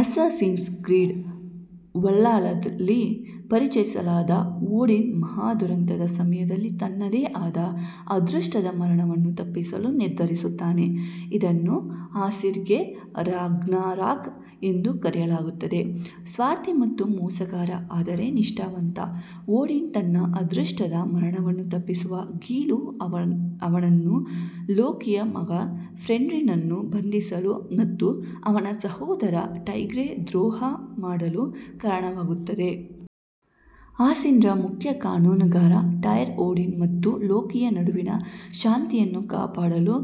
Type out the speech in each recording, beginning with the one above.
Assassin's Creed ವಲ್ಹಲ್ಲಾದಲ್ಲಿ ಪರಿಚಯಿಸಲಾದ, ಓಡಿನ್ ಮಹಾ ದುರಂತದ ಸಮಯದಲ್ಲಿ ತನ್ನದೇ ಆದ ಅದೃಷ್ಟದ ಮರಣವನ್ನು ತಪ್ಪಿಸಲು ನಿರ್ಧರಿಸುತ್ತಾನೆ, ಇದನ್ನು ಆಸಿರ್ಗೆ ರಾಗ್ನರಾಕ್ ಎಂದು ಕರೆಯಲಾಗುತ್ತದೆ. ಸ್ವಾರ್ಥಿ ಮತ್ತು ಮೋಸಗಾರ, ಆದರೆ ನಿಷ್ಠಾವಂತ, ಓಡಿನ್ ತನ್ನ ಅದೃಷ್ಟದ ಮರಣವನ್ನು ತಪ್ಪಿಸುವ ಗೀಳು ಅವನನ್ನು ಲೋಕಿಯ ಮಗ ಫೆನ್ರಿರ್ನನ್ನು ಬಂಧಿಸಲು ಮತ್ತು ಅವನ ಸಹೋದರ ಟೈರ್ಗೆ ದ್ರೋಹ ಮಾಡಲು ಕಾರಣವಾಗುತ್ತದೆ. ಆಸಿರ್ನ ಮುಖ್ಯ ಕಾನೂನುಗಾರ, ಟೈರ್ ಓಡಿನ್ ಮತ್ತು ಲೋಕಿಯ ನಡುವಿನ ಶಾಂತಿಯನ್ನು ಕಾಪಾಡಲು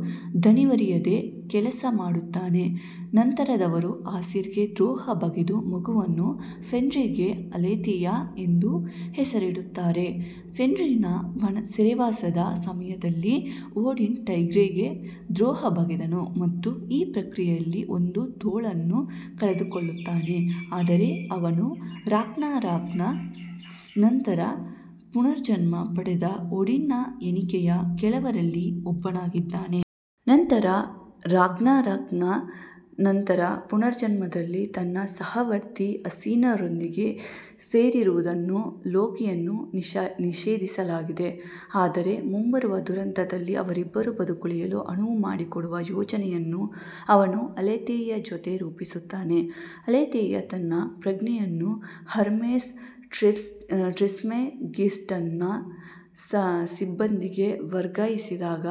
ದಣಿವರಿಯದೆ ಕೆಲಸ ಮಾಡುತ್ತಾನೆ, ನಂತರದವರು ಆಸಿರ್ಗೆ ದ್ರೋಹ ಬಗೆದು ಮಗುವನ್ನು ಫೆನ್ರಿರ್ಗೆ ಅಲೆಥಿಯಾ ಎಂದು ಹೆಸರಿಡುತ್ತಾರೆ. ಫೆನ್ರಿರ್ನ ಸೆರೆವಾಸದ ಸಮಯದಲ್ಲಿ ಓಡಿನ್ ಟೈರ್ಗೆ ದ್ರೋಹ ಬಗೆದನು ಮತ್ತು ಈ ಪ್ರಕ್ರಿಯೆಯಲ್ಲಿ ಒಂದು ತೋಳನ್ನು ಕಳೆದುಕೊಳ್ಳುತ್ತಾನೆ, ಆದರೆ ಅವನು ರಾಗ್ನರಾಕ್ನ ನಂತರ ಪುನರ್ಜನ್ಮ ಪಡೆದ ಓಡಿನ್ನ ಎಣಿಕೆಯ ಕೆಲವರಲ್ಲಿ ಒಬ್ಬನಾಗಿದ್ದಾನೆ. ನಂತರ, ರಾಗ್ನರಾಕ್ನ ನಂತರ ಪುನರ್ಜನ್ಮದಲ್ಲಿ ತನ್ನ ಸಹವರ್ತಿ ಅಸೀರ್ನೊಂದಿಗೆ ಸೇರುವುದನ್ನು ಲೋಕಿಯನ್ನು ನಿಷೇಧಿಸಲಾಗಿದೆ, ಆದರೆ ಮುಂಬರುವ ದುರಂತದಲ್ಲಿ ಅವರಿಬ್ಬರೂ ಬದುಕುಳಿಯಲು ಅನುವು ಮಾಡಿಕೊಡುವ ಯೋಜನೆಯನ್ನು ಅವನು ಅಲೆಥಿಯಾ ಜೊತೆ ರೂಪಿಸುತ್ತಾನೆ; ಅಲೆಥಿಯಾ ತನ್ನ ಪ್ರಜ್ಞೆಯನ್ನು ಹರ್ಮೆಸ್ ಟ್ರಿಸ್ಮೆಗಿಸ್ಟಸ್ನ ಸಿಬ್ಬಂದಿಗೆ ವರ್ಗಾಯಿಸಿದಾಗ,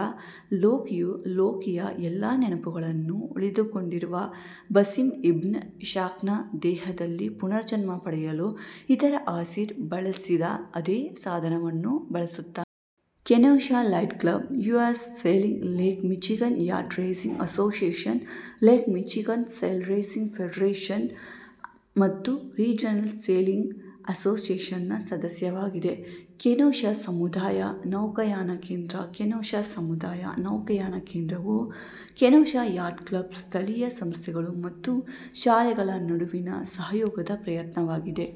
ಲೋಕಿಯು ಲೋಕಿಯ ಎಲ್ಲಾ ನೆನಪುಗಳನ್ನು ಉಳಿಸಿಕೊಂಡಿರುವ ಬಸಿಮ್ ಇಬ್ನ್ ಇಶಾಕ್ನ ದೇಹದಲ್ಲಿ ಪುನರ್ಜನ್ಮ ಪಡೆಯಲು ಇತರ ಅಸೀರ್ ಬಳಸಿದ ಅದೇ ಸಾಧನವನ್ನು ಬಳಸುತ್ತಾನೆ. Kenosha Yacht Club U. S. Sailing, Lake Michigan Yacht Racing Association, Lake Michigan Sail Racing Federation ಮತ್ತು ರೀಜನಲ್ ಸೇಲಿಂಗ್ ಅಸೋಸಿಯೇಷನ್ನ ಸದಸ್ಯವಾಗಿದೆ. ಕೆನೋಶಾ ಸಮುದಾಯ ನೌಕಾಯಾನ ಕೇಂದ್ರ ಕೆನೋಶಾ ಸಮುದಾಯ ನೌಕಾಯಾನ ಕೇಂದ್ರವು ಕೆನೋಶಾ ಯಾಟ್ ಕ್ಲಬ್, ಸ್ಥಳೀಯ ಸಂಸ್ಥೆಗಳು ಮತ್ತು ಶಾಲೆಗಳ ನಡುವಿನ ಸಹಯೋಗದ ಪ್ರಯತ್ನವಾಗಿದೆ.